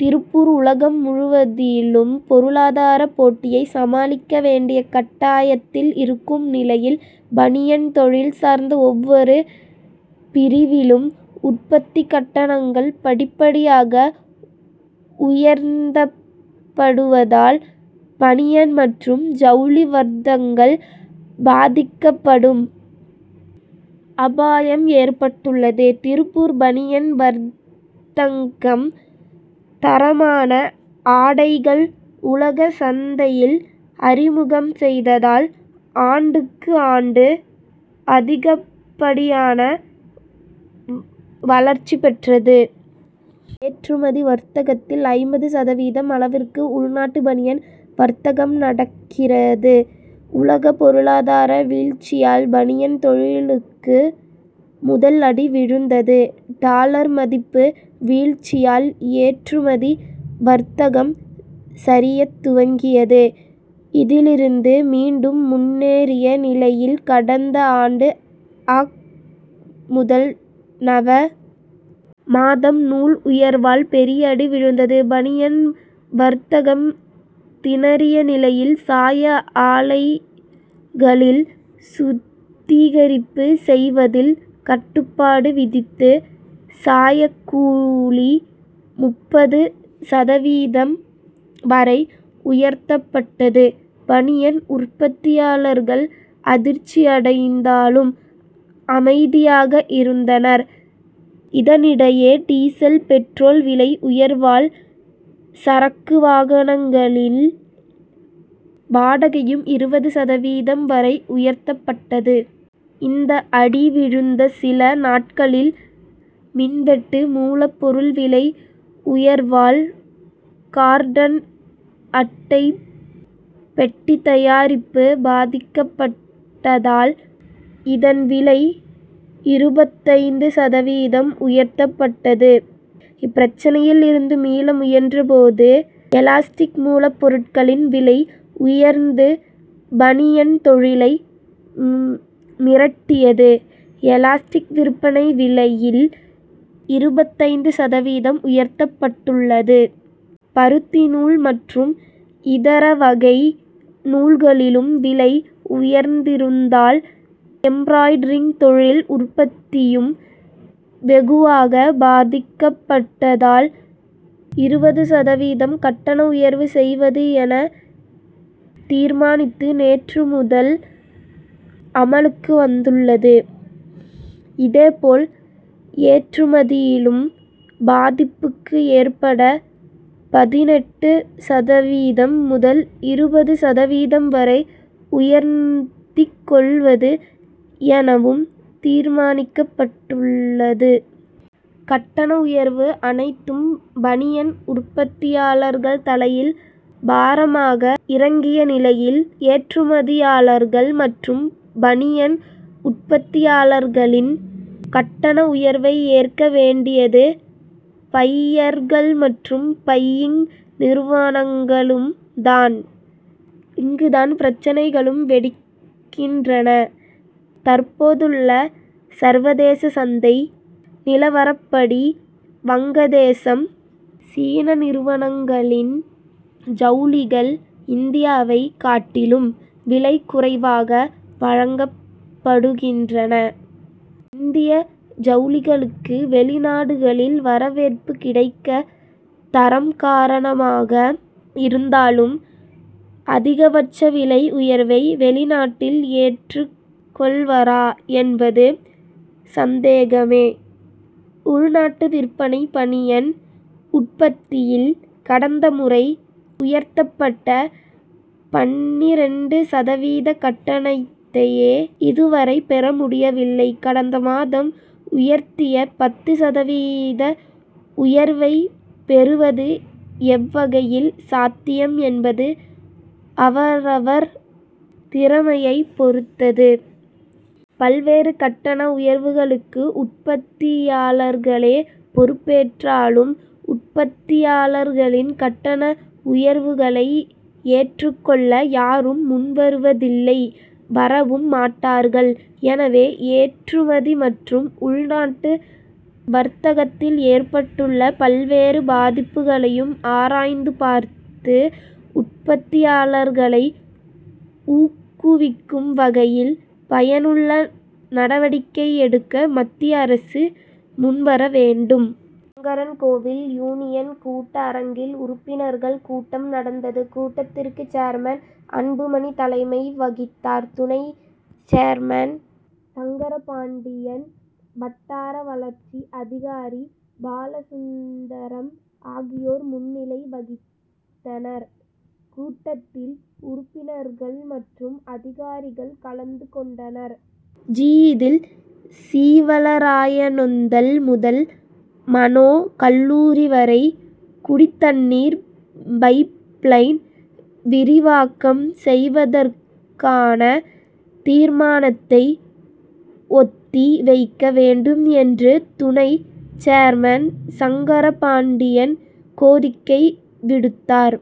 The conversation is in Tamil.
திருப்பூர் உலகம் முழுவதிலும் பொருளாதார போட்டியை சமாளிக்க வேண்டிய கட்டாயத்தில் இருக்கும் நிலையில் பனியன் தொழில் சார்ந்த ஒவ்வொரு பிரிவிலும் உற்பத்தி கட்டணங்கள் படிப்படியாக உயர்த்தப்படுவதால் பனியன் மற்றும் ஜவுளி வர்த்தகம் பாதிக்கப்படும் அபாயம் ஏற்பட்டுள்ளது. திருப்பூர் பனியன் வர்த்தகம் தரமான ஆடைகளை உலகச் சந்தையில் அறிமுகம் செய்ததால் ஆண்டுக்கு ஆண்டு அதிகப்படியான வளர்ச்சி பெற்றது. ஏற்றுமதி வர்த்தகத்தில் ஐம்பது சதவீதம் அளவிற்கு உள்நாட்டு பனியன் வர்த்தகம் நடக்கிறது. உலக பொருளாதார வீழ்ச்சியால் பனியன் தொழிலுக்கு முதல் அடி விழுந்தது. டாலர் மதிப்பு வீழ்ச்சியால் ஏற்றுமதி வர்த்தகம் சரியத் துவங்கியது. இதிலிருந்து மீண்டும் முன்னேறிய நிலையில் கடந்த ஆண்டு அக். முதல் நவ. மாதம் நூல் உயர்வால் பெரிய அடி விழுந்தது. பனியன் வர்த்தகம் திணறிய நிலையில் சாய ஆலைகளில் சுத்திகரிப்பு செய்வதில் கட்டுப்பாடு விதித்து சாயக்கூலி முப்பது சதவீதம் வரை உயர்த்தப்பட்டது. பனியன் உற்பத்தியாளர்கள் அதிர்ச்சி அடைந்தாலும் அமைதியாக இருந்தனர். இதனிடையே டீசல் பெட்ரோல் விலை உயர்வால் சரக்கு வாகனங்களில் வாடகையும் இருபது சதவீதம் வரை உயர்த்தப்பட்டது. இந்த அடி விழுந்த சில நாட்களில் மின்வெட்டு மூலப்பொருள் விலை உயர்வால் கார்டன் அட்டைப் பெட்டி தயாரிப்பு பாதிக்கப்பட்டதால் இதன் விலை இருபத்தைந்து சதவீதம் உயர்த்தப்பட்டது. இப்பிரச்னையில் இருந்து மீள முயன்ற போது எலாஸ்டிக் மூலப்பொருட்களின் விலை உயர்ந்து பனியன் தொழிலை மிரட்டியது. எலாஸ்டிக் விற்பனை விலையில் இருபத்தைந்து சதவீதம் உயர்த்தப்பட்டுள்ளது. பருத்தி நூல் மற்றும் இதர வகை நூல்களிலும் விலை உயர்ந்திருந்ததால் எம்ப்ராய்டரிங் தொழில் உற்பத்தியும் வெகுவாக பாதிக்கப்பட்டதால் இருபது சதவீதம் கட்டண உயர்வு செய்வது என தீர்மானித்து நேற்று முதல் அமலுக்கு வந்துள்ளது. இதேபோல் ஏற்றுமதியிலும் பாதிப்புக்கு ஏற்ப பதினெட்டு சதவீதம் முதல் இருபது சதவீதம் வரை உயர்த்திக் கொள்வது எனவும் தீர்மானிக்கப்பட்டது. கட்டண உயர்வு அனைத்தும் பனியன் உற்பத்தியாளர்கள் தலையில் பாரமாக இறங்கிய நிலையில் ஏற்றுமதியாளர்கள் மற்றும் பனியன் உற்பத்தியாளர்களின் கட்டண உயர்வை ஏற்க வேண்டியது பையர்கள் மற்றும் பையிங் நிறுவனங்களும் தான். இங்கு தான் பிரச்னைகளும் வெடிக்கின்றன. தற்போதுள்ள சர்வதேச சந்தை நிலவரப்படி வங்கதேசம் சீன நிறுவனங்களின் ஜவுளிகள் இந்தியாவை காட்டிலும் விலை குறைவாக வழங்கப்படுகின்றன. இந்திய ஜவுளிகளுக்கு வெளிநாடுகளில் வரவேற்பு கிடைக்க தரம் காரணமாக இருந்தாலும் அதிகபட்ச விலை உயர்வை வெளிநாட்டினர் ஏற்றுக்கொள்வரா என்பது சந்தேகமே. உள்நாட்டு விற்பனை பனியன் உற்பத்தியில் கடந்த முறை உயர்த்தப்பட்ட பன்னிரண்டு சதவீத கட்டணத்தையே இதுவரை பெற முடியவில்லை. கடந்த மாதம் உயர்த்திய பத்து சதவீத உயர்வை பெறுவது எவ்வகையில் சாத்தியம் என்பது அவரவர் திறமையை பொருத்தது. பல்வேறு கட்டண உயர்வுகளுக்கு உற்பத்தியாளர்களே பொறுப்பேற்றாலும் உற்பத்தியாளர்களின் கட்டண உயர்வுகளை ஏற்றுக்கொள்ள யாரும் முன்வருவதில்லை வரவும் மாட்டார்கள். எனவே ஏற்றுமதி மற்றும் உள்நாட்டு வர்த்தகத்தில் ஏற்பட்டுள்ள பல்வேறு பாதிப்புகளையும் ஆராய்ந்து பார்த்து உற்பத்தியாளர்களை ஊக்குவிக்கும் வகையில் பயனுள்ள நடவடிக்கை எடுக்க மத்திய அரசு முன்வர வேண்டும். சங்கரன்கோவில் யூனியன் கூட்ட அரங்கில் உறுப்பினர்கள் கூட்டம் நடந்தது. கூட்டத்திற்கு சேர்மன் அன்புமணி தலைமை வகித்தார். துணை சேர்மன் சங்கரபாண்டியன் வட்டார வளர்ச்சி அதிகாரி பாலசுந்தரம் ஆகியோர் முன்னிலை வகித்தனர். கூட்டத்தில் உறுப்பினர்கள் மற்றும் அதிகாரிகள் கலந்து கொண்டனர். ஜி. இதில் சீவலராயனேந்தல் முதல் மனோ கல்லூரி வரை குடிதண்ணீர் பைப் லைன் விரிவாக்கம் செய்வதற்கான தீர்மானத்தை ஒத்தி வைக்க வேண்டும் என்று துணை சேர்மன் சங்கரபாண்டியன் கோரிக்கை விடுத்தார்.